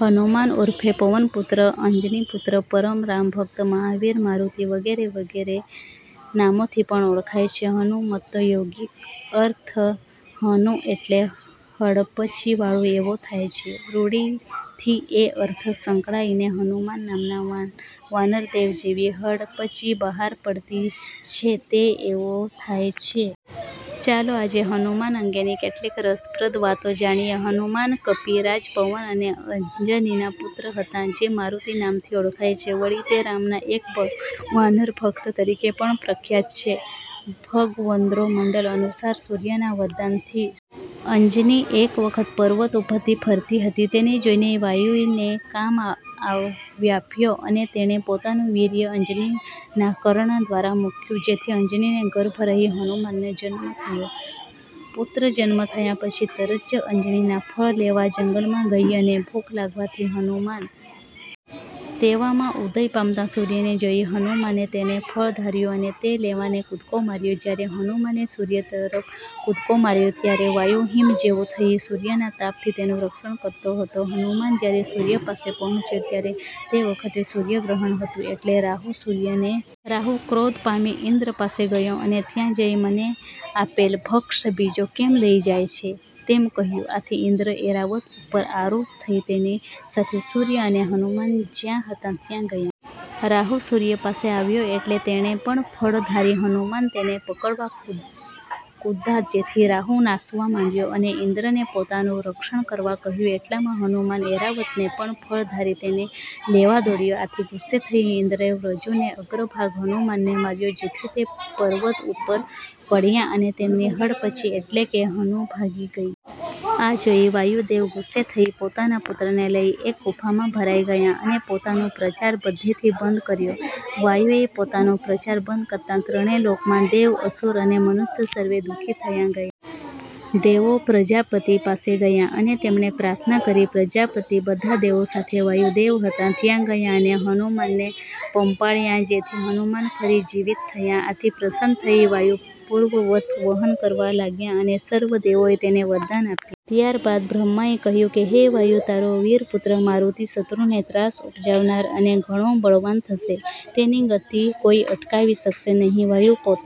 હનુમાન ઉર્ફે પવનપુત્ર, અંજનીપુત્ર, પરમ રામભક્ત, મહાવીર, મારુતિ વગેરે વગેરે નામોથી પણ ઓળખાય છે. હનુમત્નો યોગિક અર્થ હનુ એટલે હડપચીવાળું એવો થાય છે. રૂઢિથી એ અર્થ સંકડાઈ ને હનુમાન નામના વાનરદેવ, જેની હડપચી બહાર પડતી છે તે એવો થાય છે. ચાલો આજે હનુમાન અંગેની કેટલીક રસપ્રદ વાતો જાણીએ. હનુમાન કપિરાજ પવન અને અંજનીના પુત્ર હતા જે મારુતિ નામથી ઓળખાય છે. વળી તે રામના એક બળવાન વાનર ભક્ત તરીકે પણ પ્રખ્યાત છે. ભગવદ્ગોમંડલ અનુસાર સૂર્યના વરદાનથી સોનાના બનેલા મેરુ પર્વત ઉપર કેસરી નામે એક વાનર અને તેની સુંદર સ્ત્રી અંજની રહેતા હતા. અંજની એક વખત પર્વત ઉપર ફરતી હતી, તેને જોઈને વાયુને કામ વ્યાપ્યો અને તેણે પોતાનું વીર્ય અંજનીના કર્ણ દ્વારા મૂક્યું જેથી અંજનીને ગર્ભ રહી હનુમાનનો જન્મ થયો. પુત્રજન્મ થયા પછી તરત જ અંજની ફળ લેવા જંગલમાં ગઈ અને ભૂખ લાગવાથી હનુમાને રડવા માંંડ્યું. તેવામાં ઉદય પામતા સૂર્યને જોઈ હનુમાને તેને ફળ ધાર્યું અને તે લેવાને કૂદકો માર્યો. જ્યારે હનુમાને સૂર્ય તરફ કૂદકો માર્યો ત્યારે વાયુ હિમ જેવો થઈ સૂર્યના તાપથી તેનું રક્ષણ કરતો હતો. હનુમાન જ્યારે સૂર્ય પાસે પહોંચ્યા ત્યારે તે વખતે સૂર્યગ્રહણ હતું એટલે રાહુ સૂર્યને ગ્રહણ કરવા જતો હતો પણ હનુમાનની હડફટમાં આવવાથી ત્રાસ પામીને દૂર નાસી ગયો. રાહુ ક્રોધ પામી ઇન્દ્ર પાસે ગયો અને ત્યાં જઈ 'મને આપેલ ભક્ષ્ય બીજો કેમ લઈ જાય છે? ' એમ કહ્યું. આથી ઇન્દ્ર ઐરાવત ઉપર આરુઢ થઈ તેની સાથે સૂર્ય અને હનુમાન જ્યાં હતા ત્યાં ગયા. રાહુ સૂર્ય પાસે આવ્યો એટલે તેને પણ ફળ ધારી હનુમાન તેને પકડવા કૂદ્યા જેથી રાહુ નાસવા માંડ્યો અને ઇન્દ્રને પોતાનું રક્ષણ કરવા કહ્યું. એટલામાં હનુમાન ઐરાવતને પણ ફળ ધારી તેને લેવા દોડ્યા. આથી ગુસ્સે થઈ ઇન્દ્રે વજ્રનો અગ્રભાગ હનુમાનને માર્યો જેથી તે પર્વત ઉપર પડ્યા અને તેમની હડપચી એટલે કે આ જોઈ વાયુદેવ ગુસ્સે થઈ પોતાના પુત્રને લઈ એક ગુફામાં ભરાઈ ગયા અને પોતાનો પ્રચાર બધેથી બંધ કર્યો. વાયુએ પોતાનો પ્રચાર બંધ કરતા ત્રણે લોકમાં દેવ, અસુર અને મનુષ્ય સર્વે દુખી થઈ ગયા. દેવો પ્રજાપતિ પાસે ગયા અને તેમને પ્રાર્થના કરી. પ્રજાપતિ બધા દેવો સાથે વાયુદેવ હતા ત્યાં ગયા અને હનુમાનને પંપાળ્યા જેથી હનુમાન ફરી જીવિત થયા. આથી પ્રસન્ન થઈ વાયુ પૂર્વવત વહન કરવા લાગ્યા અને સર્વ દેવોએ તેને વરદાન આપ્યા. ત્યારબાદ બ્રહ્માએ કહ્યું કે, 'હે વાયુ! તારો વીરપુત્ર મારુતિ શત્રુને ત્રાસ ઉપજાવનાર અને ઘણો બળવાન થશે; તેની ગતિ કોઈ અટકાવી શકશે નહિ. ' વાયુ પોતાના